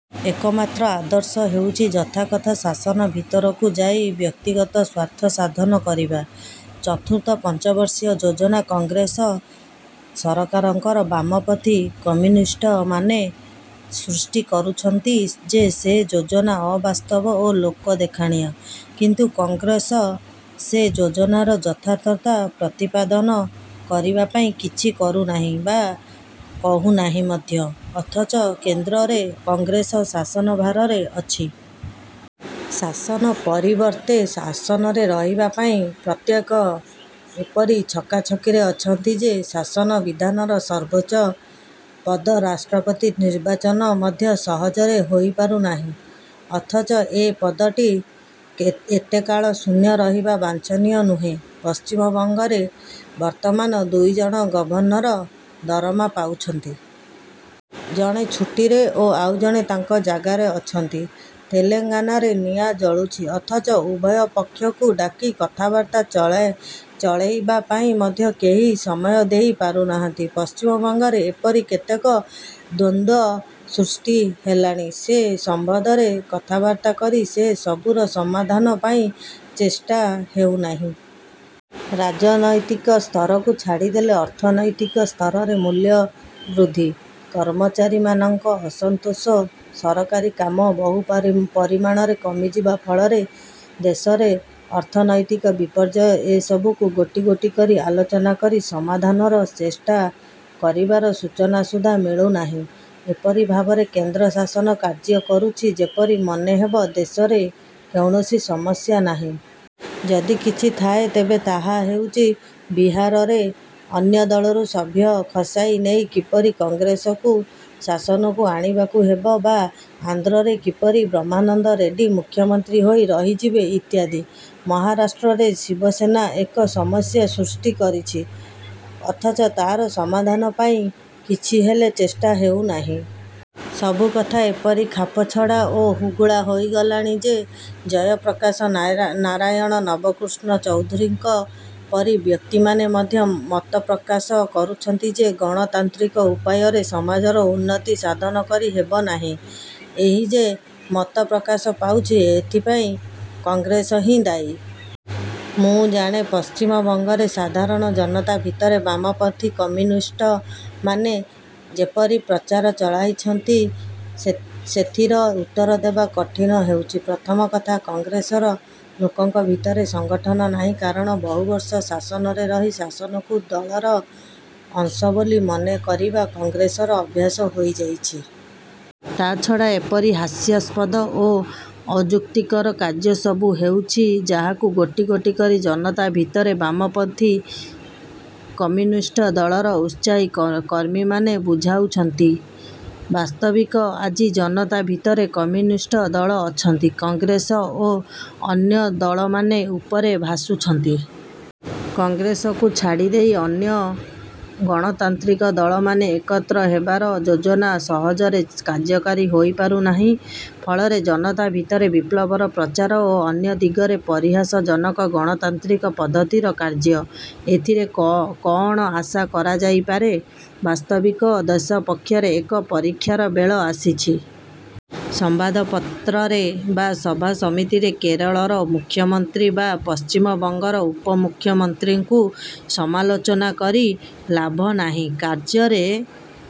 ଏକମାତ୍ର ଆଦର୍ଶ ହେଉଛି ଯଥାକଥା ଶାସନ ଭିତରକୁ ଯାଇ ବ୍ୟକ୍ତିଗତ ସ୍ୱାର୍ଥ ସାଧନ କରିବା। ଚତୁର୍ଥ ପଞ୍ଚବର୍ଷୀୟ ଯୋଜନା କଂଗ୍ରେସ ସରକାରଙ୍କର। ବାମପନ୍ଥୀ କମ୍ୟୁନିଷ୍ଟମାନେ ସୃଷ୍ଟି କରୁଛନ୍ତି ଯେ ସେ ଯୋଜନା ଅବାସ୍ତବ ଓ ଲୋକଦେଖାଣିଆ। କିନ୍ତୁ କଂଗ୍ରେସ ସେ ଯୋଜନାର ଯଥାର୍ଥତା ପ୍ରତିପାଦନ କରିବା ପାଇଁ କିଛି କରୁନାହିଁ ବା କହୁନାହିଁ ମଧ୍ୟ; ଅଥଚ କେନ୍ଦ୍ରରେ କଂଗ୍ରେସ ଶାସନଭାରରେ ଅଛି। ଶାସନ ପରିବର୍ତ୍ତେ ଆସନରେ ରହିବାପାଇଁ ପ୍ରତ୍ୟେକେ ଏପରି ଛକାଛକିରେ ଅଛନ୍ତି ଯେ ଶାସନ ବିଧାନର ସର୍ବୋଚ୍ଚ ପଦ ରାଷ୍ଟ୍ରପତି ନିର୍ବାଚନ ମଧ୍ୟ ସହଜରେ ହୋଇପାରୁ ନାହିଁ। ଅଥଚ ଏ ପଦଟି ଏତେକାଳ ଶୂନ୍ୟ ରହିବା ବାଞ୍ଛନୀୟ ନୁହେଁ। ପଶ୍ଚିମବଙ୍ଗରେ ବର୍ତ୍ତମାନ ଦୁଇଜଣ ଗଭର୍ଣ୍ଣର ଦରମା ପାଉଛନ୍ତି। ଜଣେ ଛୁଟିରେ ଓ ଆଉ ଜଣେ ତାଙ୍କ ଜାଗାରେ ଅଛନ୍ତି। ତେଲେଙ୍ଗାନାରେ ନିଆଁ ଜଳୁଛି; ଅଥଚ ଉଭୟ ପକ୍ଷକୁ ଡାକି କଥାବାର୍ତ୍ତା ଚଳେଇବା ପାଇଁ ମଧ୍ୟ କେହି ସମୟ ଦେଇ ପାରୁନାହାନ୍ତି। ପଶ୍ଚିମବଙ୍ଗରେ ଏପରି କେତେକ ଦ୍ୱନ୍ଦ୍ୱ ସୃଷ୍ଟି ହେଲାଣି, ସେ ସମ୍ବନ୍ଧରେ କଥାବାର୍ତ୍ତା କରି ସେ ସବୁର ସମାଧାନ ପାଇଁ ଚେଷ୍ଟା ହେଉନାହିଁ। ରାଜନୈତିକ ସ୍ତରକୁ ଛାଡ଼ିଦେଲେ ଅର୍ଥନୈତିକ ସ୍ତରରେ ମୂଲ୍ୟ ବୃଦ୍ଧି, କର୍ମଚାରୀମାନଙ୍କ ଅସନ୍ତୋଷ, ସରକାରୀ କାମ ବହୁ ପରିମାଣରେ କମିଯିବା ଫଳରେ ଦେଶରେ ଅର୍ଥନୈତିକ ବିପର୍ଯ୍ୟୟ ଏସବୁକୁ ଗୋଟି ଗୋଟି କରି ଆଲୋଚନା କରି ସମାଧାନର ଚେଷ୍ଟା କରିବାର ସୂଚନା ସୁଦ୍ଧା ମିଳୁନାହିଁ। ଏପରି ଭାବରେ କେନ୍ଦ୍ର ଶାସନ କାର୍ଯ୍ୟ କରୁଛି ଯେପରି ମନେ ହେବ ଦେଶରେ କୌଣସି ସମସ୍ୟା ନାହିଁ। ଯଦି କିଛି ଥାଏ ତେବେ ତାହା ହେଉଛି ବିହାରରେ ଅନ୍ୟ ଦଳରୁ ସଭ୍ୟ ଖସାଇ ନେଇ କିପରି କଂଗ୍ରେସକୁ ଶାସନକୁ ଆଣିବାକୁ ହେବ ବା ଆନ୍ଧ୍ରରେ କିପରି ବ୍ରହ୍ମାନନ୍ଦ ରେଡ଼ି ମୁଖ୍ୟମନ୍ତ୍ରୀ ହୋଇ ରହିଯିବେ ଇତ୍ୟାଦି। ମହାରାଷ୍ଟ୍ରରେ ଶିବସେନା ଏକ ସମସ୍ୟା ସୃଷ୍ଟି କରିଛି। ଅଥଚ ତା'ର ସମାଧାନ ପାଇଁ କିଛି ହେଲେ ଚେଷ୍ଟା ହେଉନାହିଁ। ସବୁ କଥା ଏପରି ଖାପଛଡ଼ା ଓ ହୁଗୁଳା ହୋଇଗଲାଣି ଯେ ଜୟପ୍ରକାଶ ନାରାୟଣ, ନବକୃଷ୍ଣ ଚୌଧୁରୀଙ୍କ ପରି ବ୍ୟକ୍ତିମାନେ ମଧ୍ୟ ମତପ୍ରକାଶ କରୁଛନ୍ତି ଯେ ଗଣତାନ୍ତ୍ରିକ ଉପାୟରେ ସମାଜର ଉନ୍ନତି ସାଧନ କରି ହେବନାହିଁ। ଏହି ଯେ ମତ ପ୍ରକାଶ ପାଉଛି ଏଥିପାଇଁ କଂଗ୍ରେସ ହିଁ ଦାୟୀ। ମୁଁ ଜାଣେ ପଶ୍ଚିମବଙ୍ଗରେ ସାଧାରଣ ଜନତା ଭିତରେ ବାମପନ୍ଥୀ କମ୍ୟୁନିଷ୍ଟମାନେ ଯେପରି ପ୍ରଚାର ଚଳାଇଛନ୍ତି ସେଥିର ଉତ୍ତର ଦେବା କଠିନ ହେଉଛି। ପ୍ରଥମ କଥା କଂଗ୍ରେସର ଲୋକଙ୍କ ଭିତରେ ସଙ୍ଗଠନ ନାହିଁ, କାରଣ ବହୁବର୍ଷ ଶାସନରେ ରହି ଶାସନକୁ ଦଳର ଅଂଶ ବୋଲି ମନେ କରିବା କଂଗ୍ରେସର ଅଭ୍ୟାସ ହୋଇଯାଇଛି। ତା'ଛଡ଼ା ଏପରି ହାସ୍ୟାସ୍ପଦ ଓ ଅଯୁକ୍ତିକର କାର୍ଯ୍ୟ ସବୁ ହେଉଛି ଯାହାକୁ ଗୋଟି ଗୋଟି କରି ଜନତା ଭିତରେ ବାମପନ୍ଥୀ କମ୍ୟୁନିଷ୍ଟ ଦଳର ଉତ୍ସାହୀ କର୍ମୀମାନେ ବୁଝାଉଛନ୍ତି। ବାସ୍ତବିକ ଆଜି ଜନତା ଭିତରେ କମ୍ୟୁନିଷ୍ଟ ଦଳ ଅଛନ୍ତି। କଂଗ୍ରେସ ଓ ଅନ୍ୟ ଦଳମାନେ ଉପରେ ଭାସୁଛନ୍ତି। କଂଗ୍ରେସକୁ ଛାଡ଼ିଦେଇ ଅନ୍ୟ ଗଣତାନ୍ତ୍ରିକ ଦଳମାନେ ଏକତ୍ର ହେବାର ଯୋଜନା ସହଜରେ କାର୍ଯ୍ୟକାରୀ ହୋଇପାରୁନାହିଁ। ଫଳରେ ଜନତା ଭିତରେ ବିପ୍ଳବର ପ୍ରଚାର ଓ ଅନ୍ୟ ଦିଗରେ ପରିହାସଜନକ ଗଣତାନ୍ତ୍ରିକ ପଦ୍ଧିତର କାର୍ଯ୍ୟ। ଏଥିରେ କଅଣ ଆଶା କରାଯାଇପାରେ? ବାସ୍ତବିକ ଦେଶ ପକ୍ଷରେ ଏକ ପରୀକ୍ଷାର ବେଳ ଆସିଛି। ସମ୍ବାଦପତ୍ରରେ ବା ସଭା ସମିତିରେ କେରଳର ମୁଖ୍ୟମନ୍ତ୍ରୀ ବା ପଶ୍ଚିମବଙ୍ଗର ଉପମୁଖ୍ୟମନ୍ତ୍ରୀଙ୍କୁ ସମାଲୋଚନା କରି ଲାଭ ନାହିଁ। କାର୍ଯ୍ୟରେ